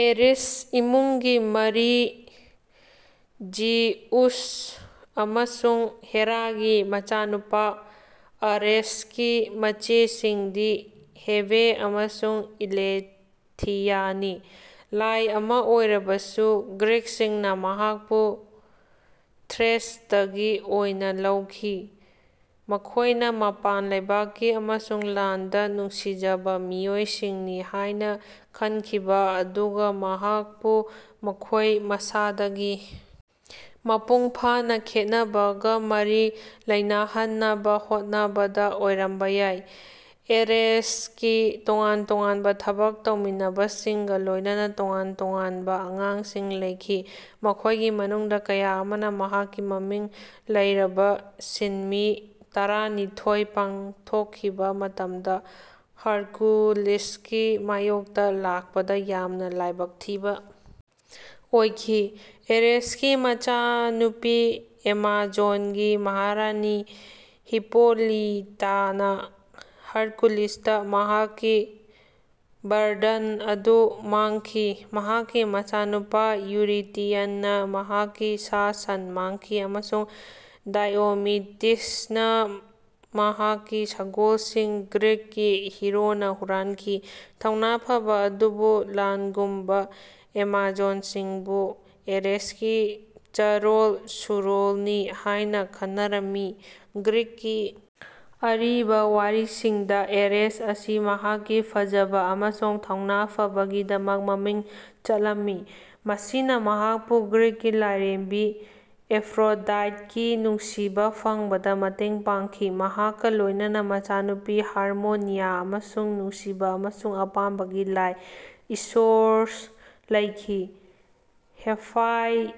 Ares ꯏꯃꯨꯡꯒꯤ ꯃꯔꯤ Zeus ꯑꯃꯁꯨꯡ ꯍꯦꯔꯥꯒꯤ ꯃꯆꯥꯅꯨꯄꯥ, ꯑꯔꯦꯁꯀꯤ ꯃꯆꯦꯁꯤꯡꯗꯤ ꯍꯦꯕꯦ ꯑꯃꯁꯨꯡ ꯏꯂꯦꯊꯤꯌꯥꯅꯤ꯫ ꯂꯥꯏ ꯑꯃꯥ ꯑꯣꯏꯔꯕꯁꯨ, ꯒ꯭ꯔꯤꯛꯁꯤꯡꯅ ꯃꯍꯥꯛꯄꯨ ꯊ꯭ꯔꯦꯁꯇꯒꯤ ꯑꯣꯏꯅ ꯂꯧꯈꯤ, ꯃꯈꯣꯏꯅ ꯃꯄꯥꯟ ꯂꯩꯕꯥꯛꯀꯤ ꯑꯃꯁꯨꯡ ꯂꯥꯟꯗ ꯅꯨꯡꯁꯤꯖꯕ ꯃꯤꯑꯣꯏꯁꯤꯡꯅꯤ ꯍꯥꯏꯅ ꯈꯟꯈꯤꯕ ꯑꯗꯨꯒ ꯃꯍꯥꯛꯄꯨ ꯃꯈꯣꯏ ꯃꯁꯥꯗꯒꯤ ꯃꯄꯨꯡ ꯐꯥꯅ ꯈꯦꯠꯅꯕꯒ ꯃꯔꯤ ꯂꯩꯅꯍꯟꯅꯕ ꯍꯣꯠꯅꯕꯗ ꯑꯣꯏꯔꯝꯕ ꯌꯥꯏ꯫ ꯑꯦꯔꯦꯁꯀꯤ ꯇꯣꯉꯥꯟ-ꯇꯣꯉꯥꯟꯕ ꯊꯕꯛ ꯇꯧꯃꯤꯟꯅꯕꯁꯤꯡꯒ ꯂꯣꯏꯅꯅ ꯇꯣꯉꯥꯟ-ꯇꯣꯉꯥꯟꯕ ꯑꯉꯥꯡꯁꯤꯡ ꯂꯩꯈꯤ, ꯃꯈꯣꯏꯒꯤ ꯃꯅꯨꯡꯗ ꯀꯌꯥ ꯑꯃꯅ ꯃꯍꯥꯛꯀꯤ ꯃꯃꯤꯡ ꯂꯩꯔꯕ ꯁꯤꯟꯃꯤ ꯇꯔꯥꯅꯤꯊꯣꯏ ꯄꯥꯡꯊꯣꯛꯈꯤꯕ ꯃꯇꯝꯗ ꯍꯔꯀꯨꯂꯤꯁꯀꯤ ꯃꯥꯌꯣꯛꯇ ꯂꯥꯛꯄꯗ ꯌꯥꯝꯅ ꯂꯥꯏꯕꯛ ꯊꯤꯕ ꯑꯣꯏꯈꯤ꯫ ꯑꯦꯔꯦꯁꯀꯤ ꯃꯆꯥꯅꯨꯄꯤ, ꯑꯦꯃꯥꯖꯣꯟꯒꯤ ꯃꯍꯥꯔꯥꯅꯤ ꯍꯤꯞꯄꯣꯂꯤꯇꯥꯅ ꯍꯔꯀꯨꯂꯤꯁꯇ ꯃꯍꯥꯛꯀꯤ ꯒꯔꯗꯜ ꯑꯗꯨ ꯃꯥꯡꯈꯤ, ꯃꯍꯥꯛꯀꯤ ꯃꯆꯥꯅꯨꯄꯥ ꯌꯨꯔꯤꯇꯤꯌꯟꯅ ꯃꯍꯥꯛꯀꯤ ꯁꯥ-ꯁꯟ ꯃꯥꯡꯈꯤ, ꯑꯃꯁꯨꯡ ꯗꯥꯏꯑꯣꯃꯤꯗꯤꯁꯅ ꯃꯍꯥꯛꯀꯤ ꯁꯒꯣꯜꯁꯤꯡ ꯒ꯭ꯔꯤꯛꯀꯤ ꯍꯤꯔꯣꯅ ꯍꯨꯔꯥꯟꯈꯤ꯫ ꯊꯧꯅꯥ ꯐꯕ ꯑꯗꯨꯕꯨ ꯂꯥꯟꯒꯨꯝꯕ ꯑꯦꯃꯥꯖꯣꯟꯁꯤꯡꯁꯨ ꯑꯦꯔꯦꯁꯀꯤ ꯆꯥꯔꯣꯜ-ꯁꯨꯔꯣꯜꯅꯤ ꯍꯥꯏꯅ ꯈꯟꯅꯔꯝꯃꯤ꯫ ꯒ꯭ꯔꯤꯛꯀꯤ ꯑꯔꯤꯕ ꯋꯥꯔꯤꯁꯤꯡꯗ, ꯑꯦꯔꯦꯁ ꯑꯁꯤ ꯃꯍꯥꯛꯀꯤ ꯐꯖꯕ ꯑꯃꯁꯨꯡ ꯊꯧꯅꯥ ꯐꯕꯒꯤꯗꯃꯛ ꯃꯃꯤꯡ ꯆꯠꯂꯝꯃꯤ, ꯃꯁꯤꯅ ꯃꯍꯥꯛꯄꯨ ꯒ꯭ꯔꯤꯛꯀꯤ ꯂꯥꯏꯔꯦꯝꯕꯤ ꯑꯦꯐ꯭ꯔꯣꯗꯥꯏꯠꯀꯤ ꯅꯨꯡꯁꯤꯕ ꯐꯪꯕꯗ ꯃꯇꯦꯡ ꯄꯥꯡꯈꯤ, ꯃꯍꯥꯛꯀ ꯂꯣꯏꯅꯅ ꯃꯆꯥꯅꯨꯄꯤ ꯍꯥꯔꯃꯣꯅꯤꯌꯥ ꯑꯃꯁꯨꯡ ꯅꯨꯡꯁꯤꯕ ꯑꯃꯁꯨꯡ ꯑꯄꯥꯝꯕꯒꯤ ꯂꯥꯏ ꯏꯔꯣꯁ ꯂꯩꯈꯤ꯫ ꯍꯦꯐꯥꯏꯁ꯭ꯇꯣꯁꯅ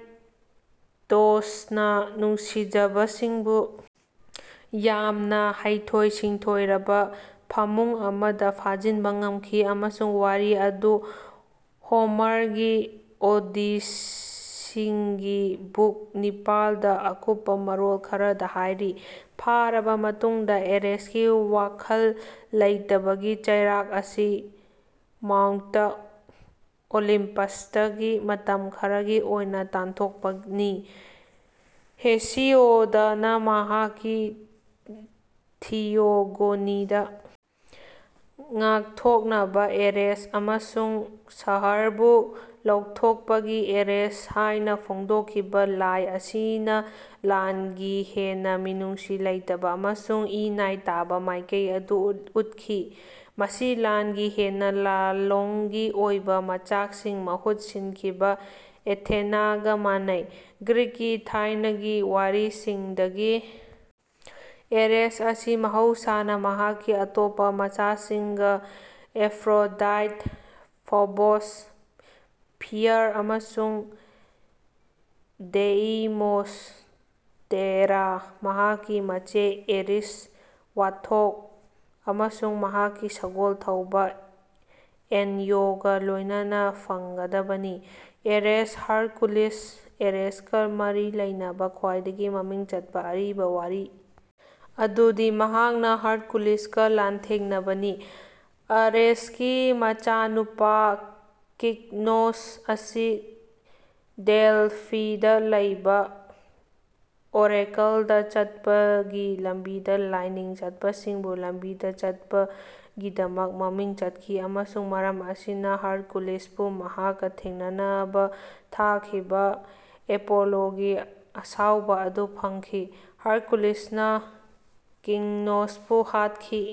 ꯅꯨꯡꯁꯤꯖꯕꯁꯤꯡꯕꯨ ꯌꯥꯝꯅ ꯍꯩꯊꯣꯏ-ꯁꯤꯡꯊꯣꯏꯔꯕ ꯐꯃꯨꯡ ꯑꯃꯗ ꯐꯥꯖꯤꯟꯕ ꯉꯝꯈꯤ, ꯑꯃꯁꯨꯡ ꯋꯥꯔꯤ ꯑꯗꯨ ꯍꯣꯃꯔꯒꯤ ꯑꯣꯗꯤꯁꯤꯒꯤ ꯕꯨꯛ ꯅꯤꯄꯥꯜꯗ ꯑꯀꯨꯞꯄ ꯃꯔꯣꯜ ꯈꯔꯗ ꯍꯥꯏꯔꯤ꯫ ꯐꯥꯔꯕ ꯃꯇꯨꯡꯗ, ꯑꯦꯔꯦꯁꯀꯤ ꯋꯥꯈꯜ ꯂꯩꯇꯕꯒꯤ ꯆꯩꯔꯥꯛ ꯑꯁꯤ ꯃꯥꯎꯟꯇ ꯑꯣꯂꯤꯝꯄꯁꯇꯒꯤ ꯃꯇꯝ ꯈꯔꯒꯤ ꯑꯣꯏꯅ ꯇꯥꯟꯊꯣꯛꯄꯅꯤ꯫ ꯍꯦꯁꯤꯌꯣꯗꯅ ꯃꯍꯥꯛꯀꯤ ꯊꯤꯌꯣꯒꯣꯅꯤꯗ 'ꯉꯥꯛꯊꯣꯛꯅꯕ ꯑꯦꯔꯦꯁ' ꯑꯃꯁꯨꯡ 'ꯁꯍꯔꯕꯨ ꯂꯧꯊꯣꯛꯄꯒꯤ ꯑꯦꯔꯦꯁ' ꯍꯥꯏꯅ ꯐꯣꯡꯗꯣꯛꯈꯤꯕ ꯂꯥꯏ ꯑꯁꯤꯅ ꯂꯥꯟꯒꯤ ꯍꯦꯟꯅ ꯃꯤꯅꯨꯡꯁꯤ ꯂꯩꯇꯕ ꯑꯃꯁꯨꯡ ꯏ-ꯅꯥꯏ ꯇꯥꯕ ꯃꯥꯏꯀꯩ ꯑꯗꯨ ꯎꯠꯈꯤ, ꯃꯁꯤ ꯂꯥꯟꯒꯤ ꯍꯦꯟꯅ ꯂꯥꯂꯣꯡꯒꯤ ꯑꯣꯏꯕ ꯃꯆꯥꯛꯁꯤꯡ ꯃꯍꯨꯠ ꯁꯤꯟꯈꯤꯕ ꯑꯦꯊꯦꯅꯥꯒ ꯃꯥꯟꯅꯩ꯫ ꯒ꯭ꯔꯤꯛꯀꯤ ꯊꯥꯏꯅꯒꯤ ꯋꯥꯔꯤꯁꯤꯡꯗꯒꯤ, ꯑꯦꯔꯦꯁ ꯑꯁꯤ ꯃꯍꯧꯁꯥꯅ ꯃꯍꯥꯛꯀꯤ ꯑꯇꯣꯞꯄ ꯃꯆꯥꯁꯤꯡꯒ ꯑꯦꯐ꯭ꯔꯣꯗꯥꯏꯠ, ꯐꯣꯕꯣꯁ (ꯐꯤꯌꯔ) ꯑꯃꯁꯨꯡ ꯗꯦꯏꯃꯣꯁ (ꯇꯦꯔ), ꯃꯍꯥꯛꯀꯤ ꯃꯆꯦ ꯑꯦꯔꯤꯁ (ꯋꯥꯊꯣꯛ) ꯑꯃꯁꯨꯡ ꯃꯍꯥꯛꯀꯤ ꯁꯒꯣꯜ ꯊꯧꯕ ꯑꯦꯟꯌꯣꯒ ꯂꯣꯏꯅꯅ ꯐꯪꯒꯗꯕꯅꯤ꯫ ꯑꯦꯔꯦꯁ ꯍꯔꯀꯨꯂꯤꯁ ꯑꯦꯔꯦꯁꯀ ꯃꯔꯤ ꯂꯩꯅꯕ ꯈ꯭ꯋꯥꯏꯗꯒꯤ ꯃꯃꯤꯡ ꯆꯠꯄ ꯑꯔꯤꯕ ꯋꯥꯔꯤ ꯑꯗꯨꯗꯤ ꯃꯍꯥꯛꯅ ꯍꯔꯀꯨꯂꯤꯁꯀ ꯂꯥꯟꯊꯦꯡꯅꯕꯅꯤ꯫ ꯑꯔꯦꯁꯀꯤ ꯃꯆꯥꯅꯨꯄꯥ ꯀꯤꯛꯅꯣꯁ ꯑꯁꯤ ꯗꯦꯜꯐꯤꯗ ꯂꯩꯕ ꯑꯣꯔꯦꯀꯜꯗ ꯆꯠꯄꯒꯤ ꯂꯝꯕꯤꯗ ꯂꯥꯏꯅꯤꯡ ꯆꯠꯄꯁꯤꯡꯕꯨ ꯂꯝꯕꯤꯗ ꯆꯠꯄꯒꯤꯗꯃꯛ ꯃꯃꯤꯡ ꯆꯠꯈꯤ, ꯑꯃꯁꯨꯡ ꯃꯔꯝ ꯑꯁꯤꯅ ꯍꯔꯀꯨꯂꯤꯁꯄꯨ ꯃꯍꯥꯛꯀ ꯊꯦꯡꯅꯅꯕ ꯊꯥꯈꯤꯕ ꯑꯦꯄꯣꯂꯣꯒꯤ ꯑꯁꯥꯎꯕ ꯑꯗꯨ ꯐꯪꯈꯤ꯫ ꯍꯔꯀꯨꯂꯤꯁꯅ ꯀꯤꯛꯅꯣꯁꯄꯨ ꯍꯥꯠꯈꯤ,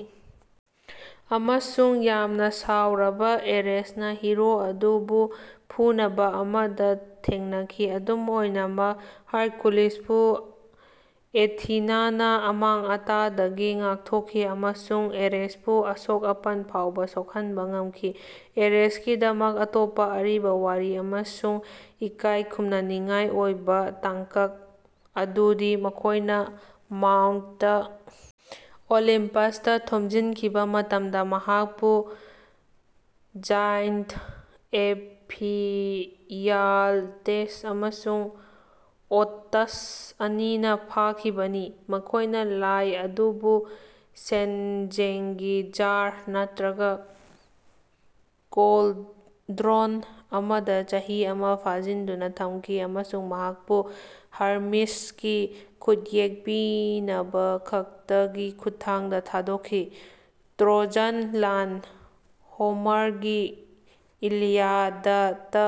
ꯑꯃꯁꯨꯡ ꯌꯥꯝꯅ ꯁꯥꯎꯔꯕ ꯑꯦꯔꯦꯁꯅ ꯍꯤꯔꯣ ꯑꯗꯨꯕꯨ ꯐꯨꯅꯕ ꯑꯃꯗ ꯊꯦꯡꯅꯈꯤ꯫ ꯑꯗꯨꯝ ꯑꯣꯏꯅꯃꯛ, ꯍꯔꯀꯨꯂꯤꯁꯄꯨ ꯑꯦꯊꯤꯅꯥꯅ ꯑꯃꯥꯡ-ꯑꯇꯥꯗꯒꯤ ꯉꯥꯛꯊꯣꯛꯈꯤ ꯑꯃꯁꯨꯡ ꯑꯦꯔꯦꯁꯄꯨ ꯑꯁꯣꯛ-ꯑꯄꯟ ꯐꯥꯎꯕ ꯁꯣꯛꯍꯟꯕ ꯉꯝꯈꯤ꯫ ꯑꯦꯔꯦꯁꯀꯤꯗꯃꯛ ꯑꯇꯣꯞꯄ ꯑꯔꯤꯕ ꯋꯥꯔꯤ ꯑꯃꯁꯨꯡ ꯏꯀꯥꯏ ꯈꯨꯝꯅꯅꯤꯡꯉꯥꯏ ꯑꯣꯏꯕ ꯇꯥꯡꯀꯛ ꯑꯗꯨꯗꯤ ꯃꯈꯣꯏꯅ ꯃꯥꯎꯟꯇ ꯑꯣꯂꯤꯝꯄꯁꯇ ꯊꯣꯝꯖꯤꯟꯈꯤꯕ ꯃꯇꯝꯗ ꯃꯍꯥꯛꯄꯨ ꯖꯥꯏꯟ꯭ꯇꯁ ꯑꯦꯐꯤꯌꯥꯜꯇꯦꯁ ꯑꯃꯁꯨꯡ ꯑꯣꯇꯁ ꯑꯅꯤꯅ ꯐꯥꯈꯤꯕꯅꯤ꯫ ꯃꯈꯣꯏꯅ ꯂꯥꯏ ꯑꯗꯨꯕꯨ ꯁꯦꯟꯖꯦꯡꯒꯤ ꯖꯥꯔ (ꯅꯠꯇ꯭ꯔꯒ ꯀꯣꯜꯗ꯭ꯔꯣꯟ) ꯑꯃꯗ ꯆꯍꯤ ꯑꯃ ꯐꯥꯖꯤꯟꯗꯨꯅ ꯊꯝꯈꯤ ꯑꯃꯁꯨꯡ ꯃꯍꯥꯛꯄꯨ ꯍꯔꯃꯤꯁꯀꯤ ꯈꯨꯠꯌꯦꯛ ꯄꯤꯅꯕꯈꯛꯇꯒꯤ ꯈꯨꯠꯊꯥꯡꯗ ꯊꯥꯗꯣꯛꯈꯤ꯫ ꯇ꯭ꯔꯣꯖꯟ ꯂꯥꯟ ꯍꯣꯃꯔꯒꯤ ꯏꯂꯤꯌꯥꯗꯇ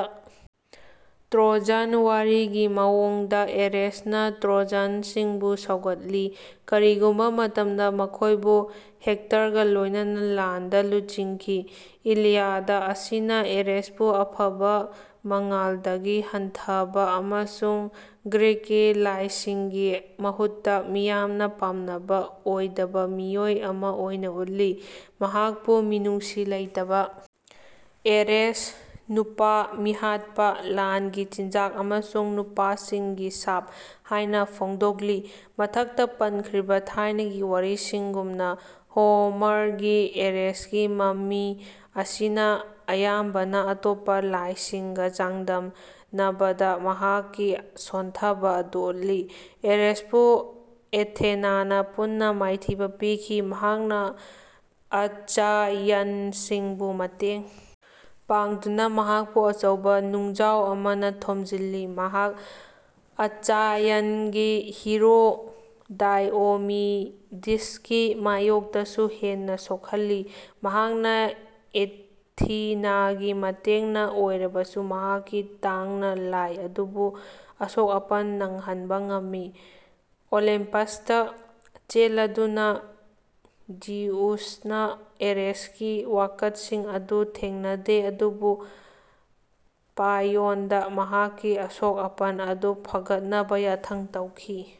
ꯇ꯭ꯔꯣꯖꯟ ꯋꯥꯔꯒꯤ ꯃꯑꯣꯡꯗ, ꯑꯦꯔꯦꯁꯅ ꯇ꯭ꯔꯣꯖꯥꯟꯁꯤꯡꯕꯨ ꯁꯧꯒꯠꯂꯤ, ꯀꯔꯤꯒꯨꯝꯕ ꯃꯇꯝꯗ ꯃꯈꯣꯏꯕꯨ ꯍꯦꯛꯇꯔꯒ ꯂꯣꯏꯅꯅ ꯂꯥꯟꯗ ꯂꯨꯆꯤꯡꯈꯤ꯫ ꯏꯂꯤꯌꯥꯗ ꯑꯁꯤꯅ ꯑꯦꯔꯦꯁꯄꯨ ꯑꯐꯕ ꯃꯉꯥꯜꯗꯒꯤ ꯍꯟꯊꯕ ꯑꯃꯁꯨꯡ ꯒ꯭ꯔꯤꯛꯀꯤ ꯂꯥꯏꯁꯤꯡꯒꯤ ꯃꯍꯨꯠꯇ ꯃꯤꯌꯥꯝꯅ ꯄꯥꯝꯅꯕ ꯑꯣꯏꯗꯕ ꯃꯤꯑꯣꯏ ꯑꯃ ꯑꯣꯏꯅ ꯎꯠꯂꯤ꯫ ꯃꯍꯥꯛꯄꯨ 'ꯃꯤꯅꯨꯡꯁꯤ ꯂꯩꯇꯕ ꯑꯦꯔꯦꯁ', 'ꯅꯨꯄꯥ-ꯃꯤꯍꯥꯠꯄ', 'ꯂꯥꯟꯒꯤ ꯆꯤꯟꯖꯥꯛ' ꯑꯃꯁꯨꯡ 'ꯅꯨꯄꯥꯁꯤꯡꯒꯤ ꯁꯥꯞ' ꯍꯥꯏꯅ ꯐꯣꯡꯗꯣꯛꯂꯤ꯫ ꯃꯊꯛꯇ ꯄꯟꯈ꯭ꯔꯤꯕ ꯊꯥꯏꯅꯒꯤ ꯋꯥꯔꯤꯁꯤꯡꯒꯨꯝꯅ ꯍꯣꯃꯔꯒꯤ ꯑꯦꯔꯦꯁꯀꯤ ꯃꯃꯤ ꯑꯁꯤꯅ ꯑꯌꯥꯝꯕꯅ ꯑꯇꯣꯞꯄ ꯂꯥꯏꯁꯤꯡꯒ ꯆꯥꯡꯗꯝꯅꯕꯗ ꯃꯍꯥꯛꯀꯤ ꯁꯣꯟꯊꯕ ꯑꯗꯨ ꯎꯠꯂꯤ꯫ ꯑꯔꯦꯁꯄꯨ ꯑꯦꯊꯦꯅꯥꯅ ꯄꯨꯟꯅ ꯃꯥꯏꯊꯤꯕ ꯄꯤꯈꯤ, ꯃꯍꯥꯛꯅ ꯑꯆꯥꯌꯟꯁꯤꯡꯕꯨ ꯃꯇꯦꯡ ꯄꯥꯡꯗꯨꯅ, ꯃꯍꯥꯛꯄꯨ ꯑꯆꯧꯕ ꯅꯨꯡꯖꯥꯎ ꯑꯃꯅ ꯊꯣꯝꯖꯤꯜꯂꯤ꯫ ꯃꯍꯥꯛ ꯑꯆꯥꯏꯌꯟꯒꯤ ꯍꯤꯔꯣ ꯗꯥꯏꯑꯣꯃꯤꯗꯤꯁꯀꯤ ꯃꯥꯌꯣꯛꯇꯁꯨ ꯍꯦꯟꯅ ꯁꯣꯛꯍꯜꯂꯤ, ꯃꯍꯥꯛꯅ ꯑꯦꯊꯤꯅꯥꯒꯤ ꯃꯇꯦꯡꯅ ꯑꯣꯏꯔꯕꯁꯨ ꯃꯍꯥꯛꯀꯤ ꯇꯥꯡꯅ ꯂꯥꯏ ꯑꯗꯨꯕꯨ ꯑꯁꯣꯛ ꯑꯄꯟ ꯅꯪꯍꯟꯕ ꯉꯝꯃꯤ꯫ ꯑꯣꯂꯤꯝꯄꯁꯇ ꯆꯦꯜꯂꯗꯨꯅ, ꯖꯤꯎꯁꯅ ꯑꯦꯔꯦꯁꯀꯤ ꯋꯥꯀꯠꯁꯤꯡ ꯑꯗꯨ ꯊꯦꯡꯅꯗꯦ ꯑꯗꯨꯕꯨ ꯄꯥꯏꯌꯣꯟꯗ ꯃꯍꯥꯛꯀꯤ ꯑꯁꯣꯛ-ꯑꯄꯟ ꯑꯗꯨ ꯐꯒꯠꯅꯕ ꯌꯥꯊꯪ ꯇꯧꯈꯤ꯫